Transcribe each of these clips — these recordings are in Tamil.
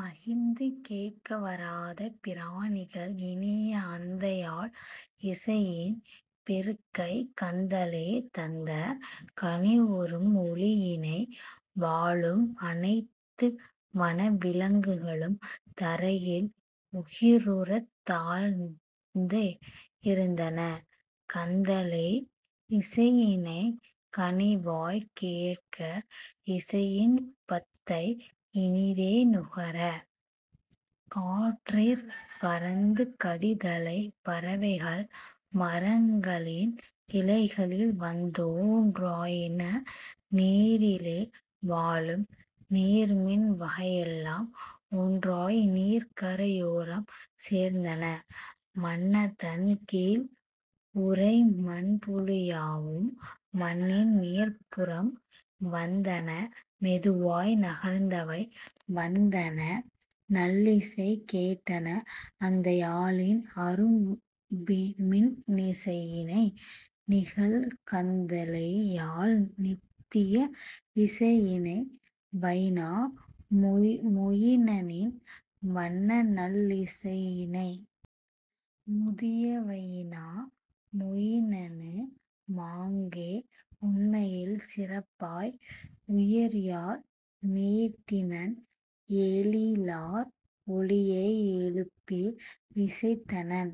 மகிழ்ந்து கேட்க வராத பிராணிகள் இனிய அந்தயாழ் இசையின் பெருக்கை கந்தலே தந்த கனிவுறும் ஒலியினை. வாழும் அனைத்து வனவிலங் குகளும் தரையில் உகிருறத் தாழ்ந்தே இருந்தன கந்தலே இசையினைக் கனிவாய்க் கேட்க இசையின் பத்தை இனிதே நுகர; காற்றிற் பறந்து கடிதலை பறவைகள் மரங்களின் கிளைகளில் வந்தொன் றாயின நீரிலே வாழும் நீர்மீன் வகையெலாம் ஒன்றாய் நீர்க்கரை யோரம் சேர்ந்தன மண்ணதன் கீழ்உறை மண்புழு யாவும் மண்ணின் மேற்புறம் வந்தன மெதுவாய் நகர்ந்தவை வந்தன நல்லிசை கேட்டன அந்த யாழின் அரும்மின் னிசையினை நிகழ்கந் தலேயாழ் நித்திய இசையினை வைனா மொயினனின் வண்ணநல் லிசையினை. முதிய வையினா மொயினனு மாங்கே உண்மையில் சிறப்பாய் உயர்யாழ் மீட்டினன் எழிலார் ஒலியை எழுப்பி இசைத்தனன்;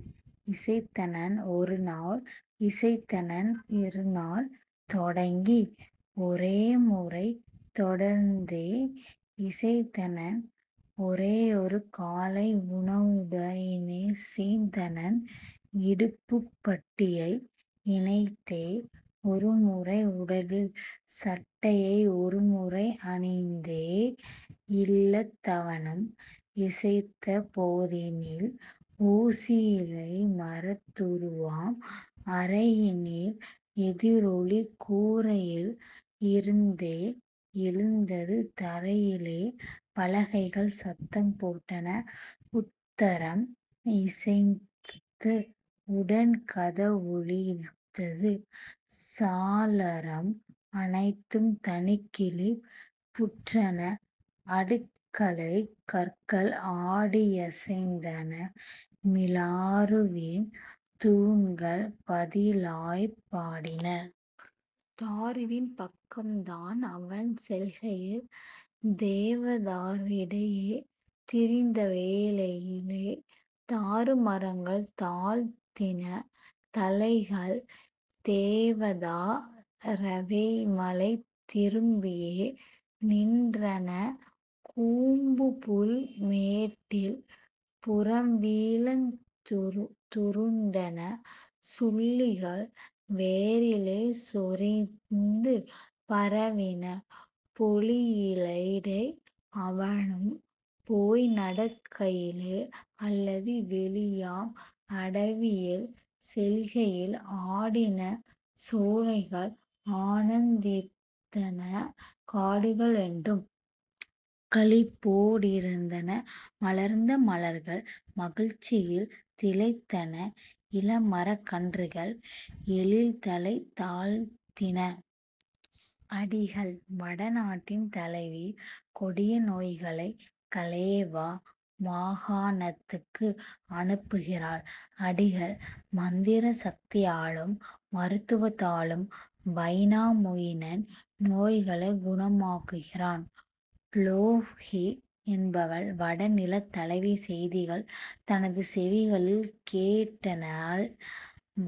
இசைத்தனன் ஒருநாள் இசைத்தனன் இருநாள் தொடங்கி ஒரேமுறை தொடர்ந்தே இசைத்தனன் ஒரேயொரு காலை உணவுட னிசைத்தனன் இடுப்புப் பட்டியை இணைத்தே ஒருமுறை உடலில் சட்டையை ஒருமுறை அணிந்தே. இல்லத் தவனும் இசைத்த போதினில் ஊசி யிலைமரத் துருவாம் அறையினில் எதிரொலி கூரையில் இருந்தே எழுந்தது தரையிலே பலகைகள் சத்தம் போட்டன உத்தரம் இசைத்தது உடன்கத வொலித்தது சாளரம் அனைத்தும் தனிக்களிப் புற்றன அடுக்களைக் கற்கள் ஆடி யசைந்தன மிலாறுவின் தூண்கள் பதிலாய்ப் பாடின. தாருவின் பக்கம் தான்அவன் செல்கையில் தேவதா ரிடை யே திரிந்தவே ளையிலே தாரு மரங்கள் தாழ்த்தின தலைகள் தேவதா ரவைமலைத் திரும்பியே நின்றன கூம்புபுல் மேட்டில் புறம்வீழ்ந் துருண்டன சுள்ளிகள் வேரிலே சொரிந்து பரவின பொழிலிடை அவனும் போய்நடக் கையிலே அல்லது வெளியாம் அடவியில் செல்கையில் ஆடின சோலைகள் ஆனந் தித்தன காடுகள் என்றும் களிப்போ டிருந்தன மலர்ந்த மலர்கள் மகிழ்ச்சியில் திளைத்தன இளமரக் கன்றுகள் எழில்தலை தாழ்த்தின. அடிகள்: வட நாட்டின் தலைவி கொடிய நோய்களைக் கலேவா மாகாணத்துக்கு அனுப்புகிறாள். அடிகள்: மந்திர சக்தியாலும் மருத்துவத்தாலும் வைனாமொயினன் நோய்களைக் குணமாக்குகிறான். லொவ்ஹி என்பவள் வடநிலத் தலைவி செய்திகள் தனது செவிகளில் கேட்டனள்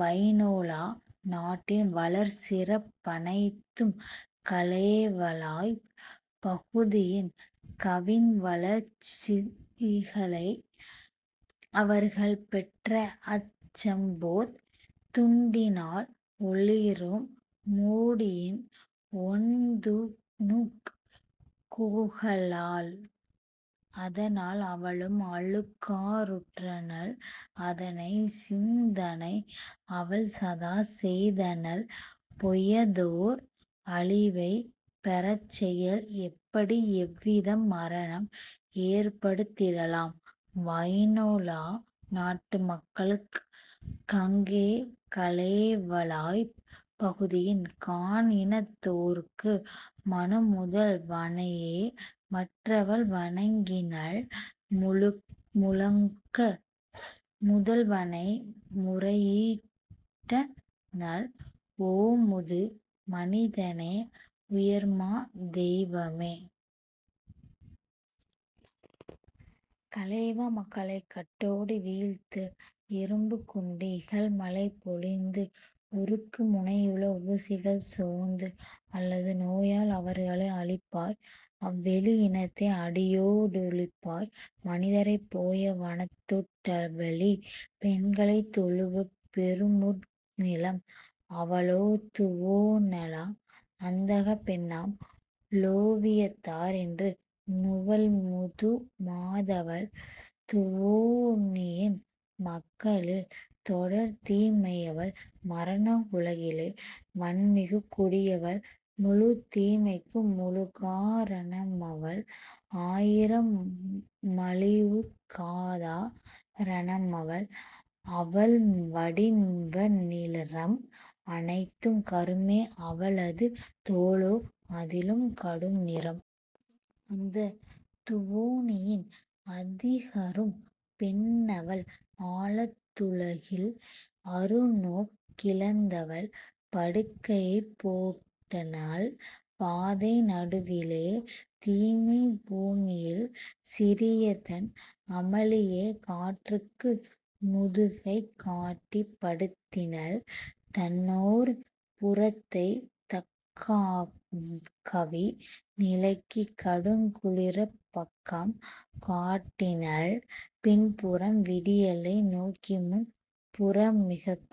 வைனொலா நாட்டின் வளர்சிறப் பனைத்தும் கலேவலாப் பகுதியின் கவின்வளர்ச் சிகளை அவர்கள் பெற்றஅச் சம்போத் துண்டினால் ஒளிரும் மூடியின் ஒண்துணுக் குகளால். அதனால் அவளும் அழுக்கா றுற்றனள் அதனைச் சிந்தனை அவள்சதா செய்தனள் பொயதோர் அழிவைப் பெறச்செயல் எப்படி எவ்விதம் மரணம் ஏற்படுத் திடலாம் வைனொலா நாட்டு மக்களுக் கங்கே கலேவலாப் பகுதியின் காண்இனத் தோர்க்கு. மனுமுதல் வனையே மற்றவள் வணங்கினள் முழக்க முதல்வனை முறையீ டிட்டனள்: "ஓ, முது மனிதனே, உயர்மா தெய்வமே! கலேவா மக்களைக் கட்டொடு வீழ்த்து இரும்புக் குண்டு இகல்மழை பொழிந்து உருக்கு முனையுள ஊசிகள் சொந்து அல்லது நோயால் அவர்களை அழிப்பாய் அவ்வெளி இனத்தை அடியோ டொழிப்பாய் மனிதரைப் பொய வனத்தோட் டவெளி பெண்களைத் தொழுவப் பெருமுற் றநிலம்! " அவளோ துவோனலா அந்தகப் பெண்ணாம் லொவியத்தார் என்று நுவல்முது மாதவள் துவோனியின் மக்களில் தொடர்தீ மையவள் மரணத் உலகிலே வன்மிகுக் கொடியவள் முழுத் தீமைக்கும் முழுக்கா ரணமவள் ஆயிர மழிவுக் காதா ரமவள்; அவள்வடி வநிறம் அனைத்தும் கருமை அவளது தோலோ அதிலும் கடும்நிறம். அந்தத் துவோனியின் அதிகரும் பெண்ணவள் ஆழத் துலகில் அருநோக் கிழந்தவள் படுக்கையைப் போட்டனள் பாதை நடுவிலே தீமைப் பூமியில் சிறியதன் அமளியை; காற்றுக்கு முதுகைக் காட்டிப் படுத்தனள் தன்னொரு புறத்தை தகாக்கவி நிலைக்கு கடுங்குளிர்ப் பக்கம் காட்டினள் பின்புறம் விடியலை நோக்கிமுன் புறமிகக்